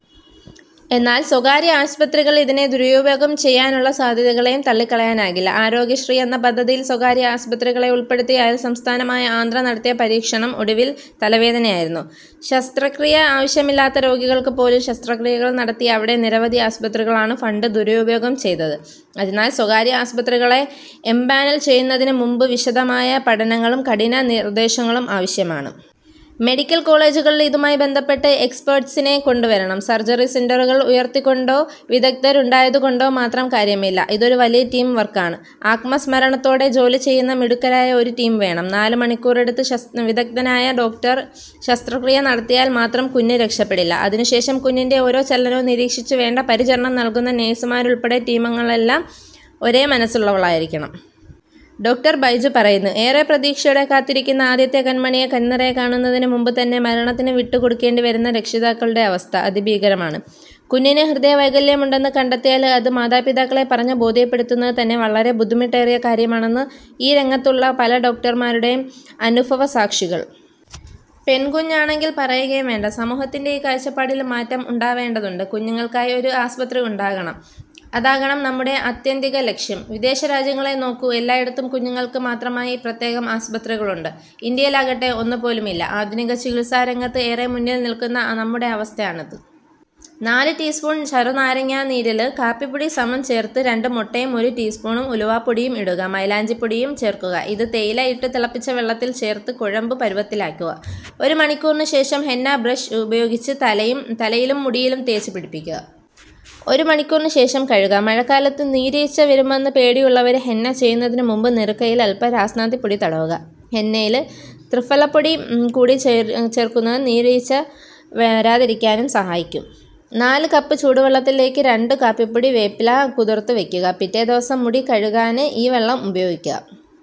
എന്നാല് സ്വകാര്യ ആസ്പത്രികള് ഇതിനെ ദുരുപയോഗം ചെയ്യാനുള്ള സാധ്യതകളെയും തള്ളിക്കളയാനാകില്ല. ആരോഗ്യശ്രീ എന്ന പദ്ധതിയില് സ്വകാര്യ ആസ്പത്രികളെ ഉള്പ്പെടുത്തി അയല്സംസ്ഥാനമായ ആന്ധ്ര നടത്തിയ പരിഷ്ക്കണം ഒടുവില് തലവേദനയായിരുന്നു. ശസ്ത്രക്രിയ ആവശ്യമില്ലാത്ത രോഗികള്ക്ക് പോലും ശസ്ത്രക്രിയകള് നടത്തി അവിടെ നിരവധി ആസ്പത്രികളാണ് ഫണ്ട് ദുരുപയോഗം ചെയ്തത്. അതിനാല് സ്വകാര്യ ആസ്പത്രികളെ എംപാനല് ചെയ്യുന്നതിന് മുമ്പ് വിശദമായ പഠനങ്ങളും കഠിന നിര്ദേശങ്ങളും ആവശ്യമാണ്. 'മെഡിക്കല് കോളേജുകളില് ഇതുമായി ബന്ധപ്പെട്ട എക്സ്പെര്ട്ടൈസിനെ കൊണ്ടുവരണം. സര്ജറി സെന്ററുകള് ഉയര്ത്തിയതുകൊണ്ടോ വിഗദ്ധരുണ്ടായതുകൊണ്ടോ മാത്രം കാര്യമില്ല. ഇത് ഒരു വലിയ ടീം വര്ക്കാണ്. ആത്മസമര്പ്പണത്തോടെ ജോലി ചെയ്യുന്ന മിടുക്കരായ ഒരു ടീം വേണം. നാലുമണിക്കൂറെടുത്ത് വിദഗ്ധനായ ഡോക്ടര് ശസ്ത്രക്രിയ നടത്തിയാല് മാത്രം കുഞ്ഞ് രക്ഷപ്പെടില്ല. അതിനുശേഷം കുഞ്ഞിന്റെ ഓരോ ചലനവും നിരീക്ഷിച്ച് വേണ്ട പരിചരണം നല്കുന്ന നഴ്സുമാരുള്പ്പടെ ടീമംഗങ്ങളെല്ലാം ഒരേ മനസ്സുള്ളവരായിരിക്കണം. ' ഡോ. ബൈജു പറയുന്നു. ഏറെ പ്രതീക്ഷയോടെ കാത്തിരിക്കുന്ന ആദ്യത്തെ കണ്മണിയെ കണ്നിറയെ കാണുന്നതിന് മുമ്പുതന്നെ മരണത്തിന് വിട്ടുകൊടുക്കേണ്ടി വരുന്ന രക്ഷിതാക്കളുടെ അവസ്ഥ അതിഭീകരമാണ്. കുഞ്ഞിന് ഹൃദയവൈകല്യമുണ്ടെന്ന് കണ്ടെത്തിയാല് അത് മാതാപിതാക്കളെ പറഞ്ഞു ബോധ്യപ്പെടുത്തുന്നത് തന്നെ വളരെ ബുദ്ധിമുട്ടേറിയ കാര്യമാണെന്നാണ് ഈ രംഗത്തുള്ള പല ഡോക്ടര്മാരുടെയും അനുഭവസാക്ഷ്യങ്ങള്. പെണ്കുഞ്ഞാണെങ്കില് പറയുകയും വേണ്ട. സമൂഹത്തിന്റെ ഈ കാഴ്ചപ്പാടിലും മാറ്റം ഉണ്ടാവേണ്ടതുണ്ട്. 'കുഞ്ഞുങ്ങള്ക്കായി ഒരു ആസ്പത്രി ഉണ്ടാകണം. അതാകണം നമ്മുടെ ആത്യന്തിക ലക്ഷ്യം. വിദേശരാജ്യങ്ങളെ നോക്കൂ. എല്ലായിടത്തും കുഞ്ഞുങ്ങള്ക്ക് മാത്രമായി പ്രത്യേകം ആസ്പത്രികളുണ്ട്. ഇന്ത്യയിലാകട്ടെ ഒന്നുപോലും ഇല്ല. ആധുനിക ചികിത്സാരംഗത്ത് ഏറെ മുന്നില് നില്ക്കുന്ന നമ്മുടെ അവസ്ഥയാണ് ഇത്. നാല് ടീസ്പൂണ് ചെറുനാരങ്ങാ നീരില് കാപ്പിപ്പൊടി സമം ചേര്ത്ത് രണ്ട് മുട്ടയും ഒരു ടീസ്പൂണ് ഉലുവപ്പൊടിയും ഇടുക. മൈലാഞ്ചിപ്പൊടിയും ചേര്ക്കുക. ഇത് തേയില ഇട്ടു തിളപ്പിച്ച വെള്ളത്തില് ചേര്ത്ത് കുഴമ്പ് പരുവത്തിലാക്കുക. ഒരു മണിക്കൂറിനു ശേഷം ഹെന്ന ബ്രഷ് ഉപയോഗിച്ച് തലയിലും മുടിയിലും തേച്ചു പിടിപ്പിക്കുക. ഒരു മണിക്കൂറിനുശേഷം കഴുകാം. മഴക്കാലത്ത് നീര്വീഴ്ച വരുമെന്ന പേടിയുള്ളവര് ഹെന്ന ചെയ്യുന്നതിനു മുമ്പ് നെറുകയില് അല്പം രാസ്നാദിപ്പൊടി തടവുക. ഹെന്നയില് ത്രിഫലപ്പൊടി കൂടി ചേര്ക്കുന്നതും നീര്വീഴ്ച വരാതിരിക്കാന് സഹായിക്കും. നാലു കപ്പ് ചൂടുവെള്ളത്തിലേക്ക് രണ്ടു കൈപ്പിടി വേപ്പില കുതിര്ത്തു വയ്ക്കുക. പിറ്റേ ദിവസം മുടി കഴുകാന് ഈ വെള്ളം ഉപയോഗിക്കാം.